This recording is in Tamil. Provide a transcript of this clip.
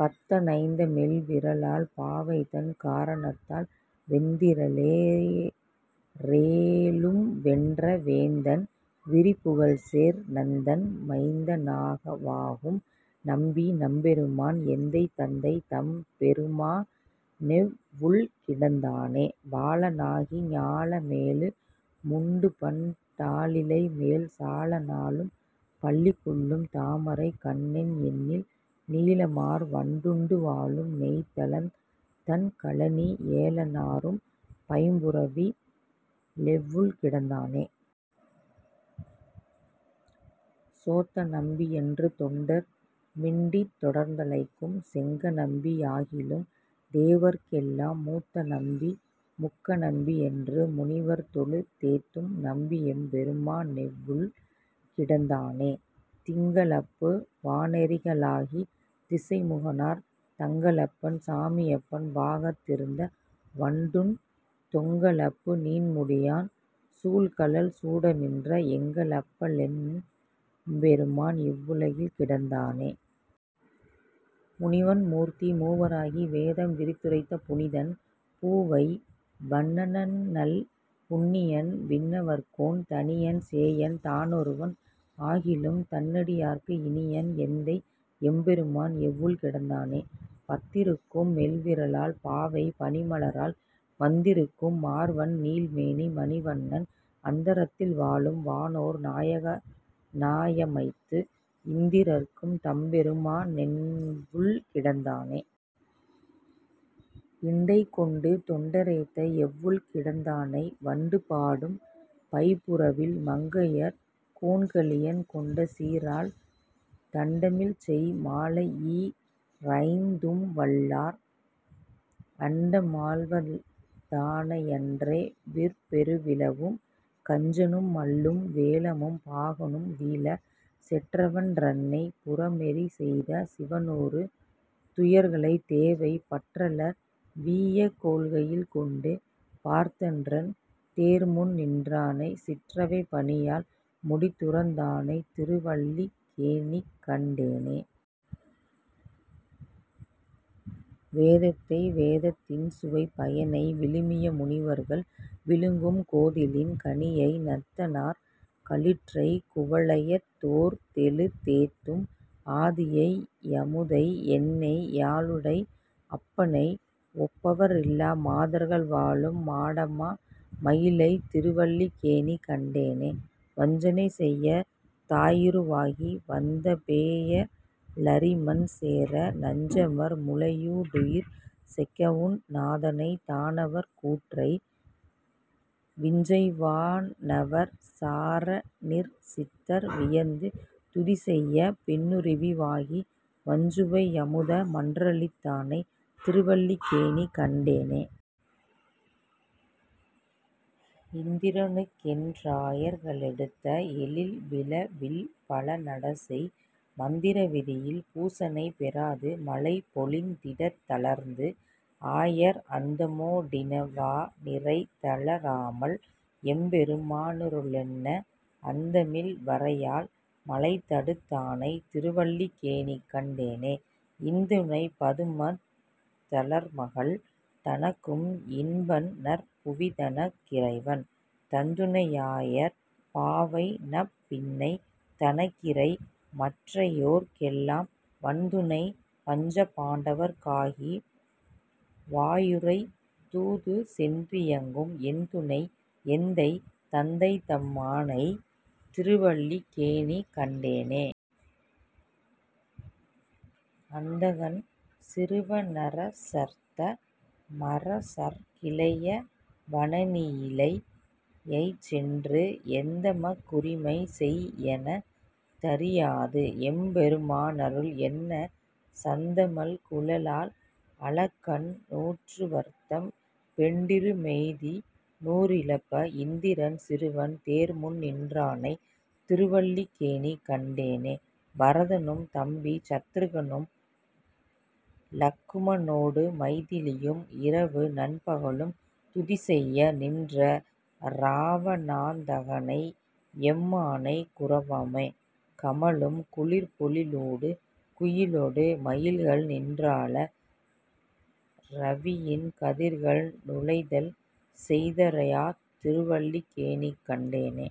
பந்த ணைந்த மெல்விரலாள் பாவைதன் காரணத்தால், வெந்தி றலே றேழும்வென்ற வேந்தன் விரிபுகழ்சேர், நந்தன் மைந்த னாகவாகும் நம்பி நம்பெருமான்,। எந்தை தந்தை தம்பெருமானெவ்வுள் கிடந்தானே.. பால நாகி ஞாலமேழு முண்டுபண் டாலிலைமேல், சால நாளும் பள்ளிகொள்ளும் தாமரைக் கண்ணன்எண்ணில், நீல மார்வண் டுண்டுவாழும் நெய்தலந் தண்கழனி, ஏல நாறும் பைம்புறவி லெவ்வுள் கிடந்தானே.. சோத்த நம்பி யென்றுதொண்டர் மிண்டித் தொடர்ந்தழைக்கும், செங்கணம்பி யாகிலும் தேவர்க்கெல்லாம், மூத்த நம்பி முக்கணம்பி யென்று முனிவர்த்தொழு- தேத்தும், நம்பி யெம்பெருமா னெவ்வுள் கிடந்தானே.. திங்க ளப்பு வானெரிகாலாகி, திசைமுகனார் தங்க ளப்பன் சாமியப்பன் பாகத் திருந்த, வண்டுண் தொங்க லப்பு நீண்முடியான் சூழ் கழல் சூடநின்ற, எங்க ளப்ப னெம்பெருமான் எவ்வுள் கிடந்தானே.. முனிவன் மூர்த்தி மூவராகி வேதம் விரித்துரைத்த புனிதன், பூவை வண்ணனண்ணல் புண்ணியன் விண்ணவர்கோன், தனியன் சேயன் தானொருவன் ஆகிலும் தன்னடியார்க்கு இனியன், எந்தை யெம்பெருமான் எவ்வுள் கிடந்தானே.. பந்தி ருக்கும் மெல்விரலாள் பாவை பனிமலராள், வந்தி ருக்கும் மார்வன்நீல மேனி மணிவண்ணன், அந்த ரத்தில் வாழும் வானோர் நாயக னாயமைந்த, இந்தி ரற்கும் தம்பெருமா னெவ்வுள் கிடந்தானே.. இண்டை கொண்டு தொண்டரேத்த எவ்வுள் கிடந்தானை, வண்டு பாடும் பைபுறவில் மங்கையர் கோன்கலியன், கொண்ட சீரால் தண்டமிழ்செய் மாலையீ ரைந்தும்வல்லார், அண்ட மாள்வ தாணையன்றே விற்பெரு விழவும் கஞ்சனும் மல்லும் வேழமும் பாகனும் வீழ, செற்றவன் றன்னை, புரமெரி செய்த சிவனுறு துயர்களை தேவை, பற்றலர் வீயக் கோல்கையில் கொண்டு பார்த்தன்றன் தேர்முன்நின் றானை, சிற்றவை பணியால் முடிதுறந் தானைத் திருவல்லிக் கேணிக்கண் டேனே.. வேதத்தை வேதத் தின்சுவைப் பயனை விழுமிய முனிவர்கள் விழுங்கும், கோதிலின் கனியை நந்தனார் களிற்றைக் குவலயத் தோர்தொழு தேத்தும், ஆதியை யமுதை யென்னை யாளுடை அப்பனை ஒப்பவ ரில்லா மாதர்கள் வாழும், மாடமா மயிலைத் திருவல்லிக் கேணிக்கண் டேனே.. வஞ்சனை செய்யத் தாயுரு வாகி வந்தபே யலறிமண் சேர, நஞ்சமர் முலையூ டுயிர்செக வுண்ட நாதனைத் தானவர் கூற்றை, விஞ்சைவா னவர்சா ரணர்சித்தர் வியந்து துதிசெய்யப் பெண்ணுரு வாகி, அஞ்சுவை யமுத மன்றளித் தானைத் திருவல்லிக் கேணிக்கண் டேனே.. இந்திர னுக்கென் றாயர்க ளெடுத்த எழில்விழ வில்பழ நடைசெய், மந்திர விதியில் பூசனை பெறாது மழைபொழிந் திடத்தளர்ந்து, ஆயர் அந்தமோ டினவா நிரைதள ராமல் எம்பெரு மானரு ளென்ன, அந்தமில் வரையால் மழைதடுத் தானைத் திருவல்லிக் கேணிக்கண் டேனே.. இந்துணைப் பதுமத் தலர்மகள் தனக்கும் இன்பன்நற் புவிதனக் கிறைவன், தந்துணை யாயர் பாவைநப் பின்னை தனக்கிறை மற்றையோர்க் கெல்லாம் வன்துணை, பஞ்ச பாண்டவர்க் காகி வாயுரை தூதுசென் றியங்கும் என்துணை, எந்தை தந்தைதம் மானைத் திருவல்லிக் கேணிக்கண் டேனே.. அந்தகன் சிறுவ னரசர்த்த மரசற் கிளையவ னணியிழை யைச்சென்று, எந்தமக் குரிமை செய் எனத் தரியாது எம்பெரு மானருள் என்ன, சந்தமல் குழலாள் அலக்கண்நூற் றுவர்த்தம் பெண்டிரு மெய்திநூ லிழப்ப, இந்திரன் சிறுவன் தேர்முன்நின் றானைத் திருவல்லிக் கேணிக்கண் டேனே.. பரதனும் தம்பி சத்துருக் கனன்னும் இலக்கும னோடுமை திலியும் இரவுநன் பகலும் துதிசெய்ய நின்ற இராவணாந் தகனையெம் மானை, குரவமே கமழும் குளிர்ப்பொழி லூடு குயிலொடு மயில்கள்நின் றால, இரவியின் கதிர்கள் நுழைதல்செய் தறியாத் திருவல்லிக் கேணிக்கண் டேனே..